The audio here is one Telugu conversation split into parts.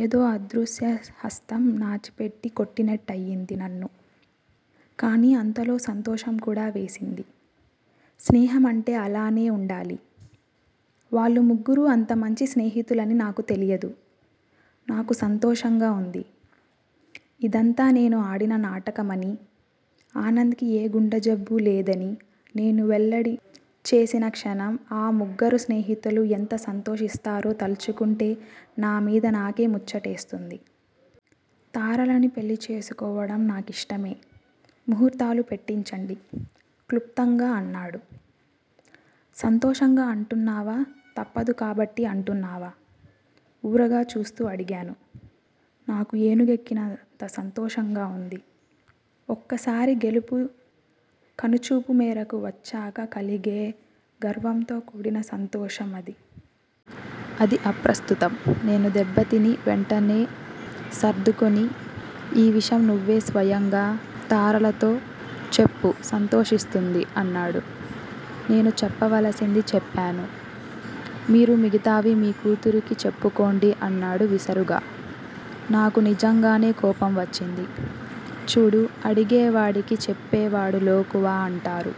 ఏదో అదృశ్య హస్తం నాచి పెట్టి కొట్టినట్టయింది నన్ను. కానీ అంతలో సంతోషం కూడా వేసింది. స్నేహం అంటే అలానే వుండాలి. వాళ్ళు ముగ్గురూ అంత మంచి స్నేహితులని నాకు తెలీయదు. నాకు సంతోషంగా వుంది. ఇదంతా నేను ఆడిన నాటకమనీ, ఆనంద్ కి ఏ గుండె జబ్బూ లేదని నేను వెల్లడి చేసిన క్షణం ఆ ముగ్గరు స్నేహితులూ ఎంత సంతోషిస్తారో తల్చుకుంటే నా మీద నాకే ముచ్చటేస్తుంది తారళని పెళ్ళి చేసుకోవటం నా కిష్టమే. ముహూర్తాలు పెట్టించండి క్లుప్తంగా అన్నాడు. సంతోషంగా అంటున్నావా? తప్పదు కాబట్టి అంటున్నావా? ఓరగా చూస్తూ అడిగాను. నాకు ఏనుగెక్కినంత సంతోషంగా వుంది. ఒక్కసారి గెలుపు కనుచూపు మేరకు వచ్చాక కలిగే గర్వంతో కూడిన సంతోషం అది. అది అప్రస్తుతం. నేను దెబ్బతిని, వెంటనే సర్దుకుని, ఈ విషం నువ్వే స్వయంగా తారళతో చెప్పు సంతోషిస్తుంది అన్నాను. నేను చెప్పవలసింది చెప్పాను. మీరు మిగతావి మీ కూతురికి చెప్పుకోండి అన్నాడు విసరగా. నాకు నిజంగానే కోపం వచ్చింది. చూడూ! అడిగే వాడికి చెప్పేవాడు లోకువ అంటారు.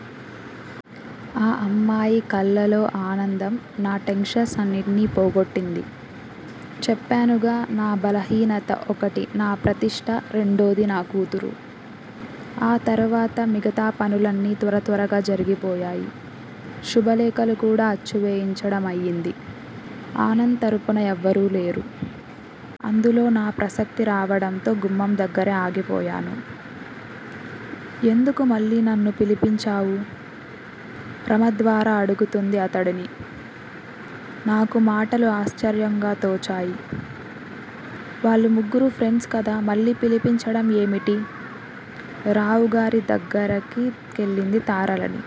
ఆ అమ్మాయి కళ్ళలో ఆనందం నా టెన్షన్స్ న్నిటినీ పోగొట్టింది. చెప్పానుగా నా బలహీనత ఒకటి నా ప్రతిష్ట రెండోది నా కూతురు. ఆ తరువాత మిగతా పన్లన్నీ తొందర తొందరగా జరిగిపోయాయి. శుభలేఖలు కూడా అచ్చు వేయించడం అయింది. ఆనంద్ తరఫున ఎవ్వరూ లేరు. అందులో నా ప్రసక్తి రావడంతో గుమ్మం దగ్గిరే ఆగిపోయాను. ఎందుకు మళ్ళీ నన్ను పిలిపించావు? ప్రమద్వర అడుగుతుంది అతడిని. నాకు మాటలు ఆశ్చర్యంగా తోచాయి. వాళ్ళు ముగ్గురూ ఫ్రెండ్స్ కదా మళ్ళీ పిలిపించడం ఏమిటి? రావుగారి దగ్గిర కెళ్ళింది తారళని